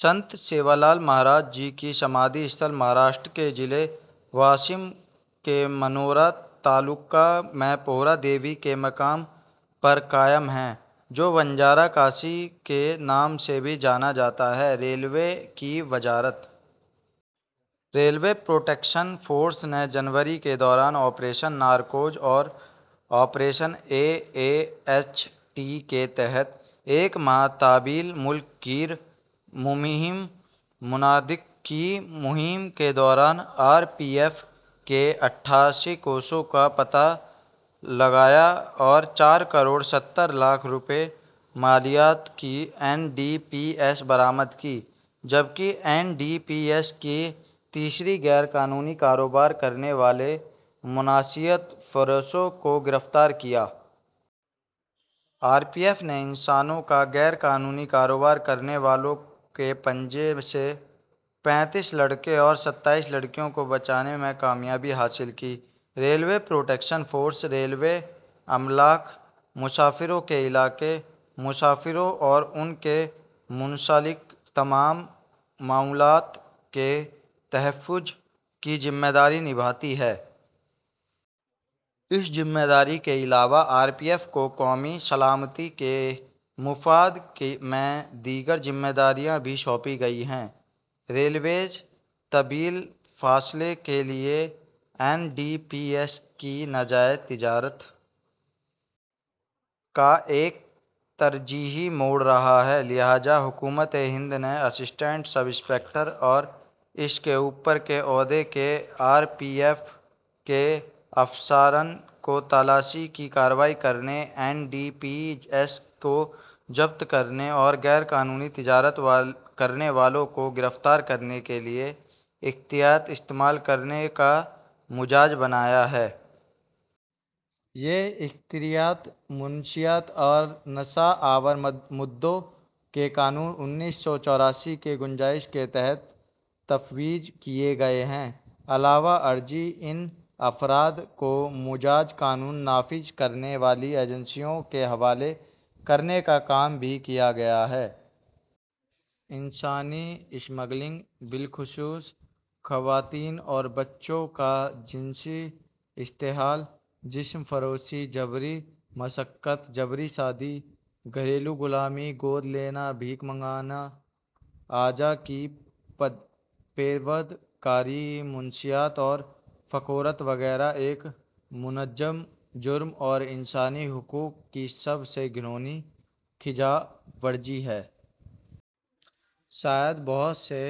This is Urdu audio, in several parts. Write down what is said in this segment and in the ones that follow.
سنت سیوالال مہاراج جی کا سمادھی استھل، مہاراشٹر کے ضلع واشم کے منورا تعلقہ میں پوہرا دیوی کے مقام پر قائم ہے، جو بنجارا کاشی کے نام سے بھی جانا جاتا ہے۔ ریلوے کی وزارت۔ ریلوے پروٹیکشن فورس نے جنوری کے دوران آپریشن نارکوز اور operation A A H T کے تحت ایک ماہ طویل ملک گیر مہم منعقد کی۔ مہم کے دوران آر پی ایف نے اٹھاسی کیسوں کا پتہ لگایا اور چار کروڑ ستر لاکھ روپے مالیت کی این ڈی پی ایس برآمد کیں، جبکہ این ڈی پی ایس کے تراسی غیر قانونی کاروبار کرنے والے منشیات فروشوں کو گرفتار کیا۔ آر پی ایف نے انسانوں کا غیر قانونی کاروبار کرنے والوں کے پنجوں سے پینتیس لڑکے اور ستائیس لڑکیوں کو بچانے میں کامیابی حاصل کی۔ ریلوے پروٹیکشن فورس ریلوے املاک، مسافروں کے علاقے، مسافروں اور ان سے منسلک تمام معاملات کے تحفظ کی ذمہ داری نبھاتی ہے۔ اس ذمہ داری کے علاوہ، آر پی ایف کو قومی سلامتی کے مفاد میں دیگر ذمہ داریاں بھی سونپی گئی ہیں۔ ریلویز طویل فاصلے کے لیے این ڈی پی ایس کی ناجائز تجارت کا ایک ترجیحی موڈ رہا ہے، لہٰذا حکومت ہند نے اسسٹنٹ سب انسپکٹر اور اس سے اوپر کے عہدے کے آر پی ایف کے افسران کو تلاشی کی کارروائی کرنے، این ڈی پی ایس کو ضبط کرنے اور غیر قانونی تجارت کرنے والوں کو گرفتار کرنے کے لیے اختیارات استعمال کرنے کا مجاز بنایا ہے۔ یہ اختیارات منشیات اور نشہ آور مادوں کے قانون انیس سو چوراسی کی گنجائشوں کے تحت تفویض کیے گئے ہیں۔ علاوہ ازیں، ان افراد کو مجاز قانون نافذ کرنے والی ایجنسیوں کے حوالے کرنے کا کام بھی کیا گیا ہے۔ انسانی اسمگلنگ، بالخصوص خواتین اور بچوں کا جنسی استحصال، جسم فروشی، جبری مشقت، جبری شادی، گھریلو غلامی، گود لینے، بھیک مانگنے، اعضاء کی پیوند کاری، منشیات کی فروخت وغیرہ، ایک منظم جرم اور انسانی حقوق کی سب سے گھناؤنی خلاف ورزی ہے۔ شاید بہت سے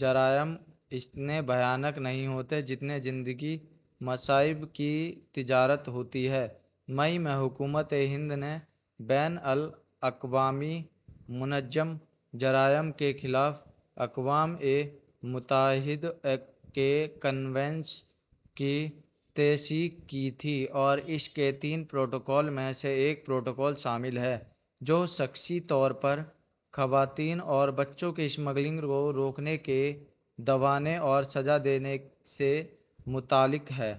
جرائم اتنے بھیانک نہیں ہوتے جتنے انسانی مصائب کی تجارت ہوتی ہے۔ مئی میں حکومت ہند نے بین الاقوامی منظم جرائم کے خلاف اقوام متحدہ کے کنونشن کی توثیق کی تھی اور اس کے تین پروٹوکول میں سے ایک پروٹوکول شامل ہے، جو شخصی طور پر خواتین اور بچوں کی اسمگلنگ کو روکنے، دبانے اور سزا دینے سے متعلق ہے۔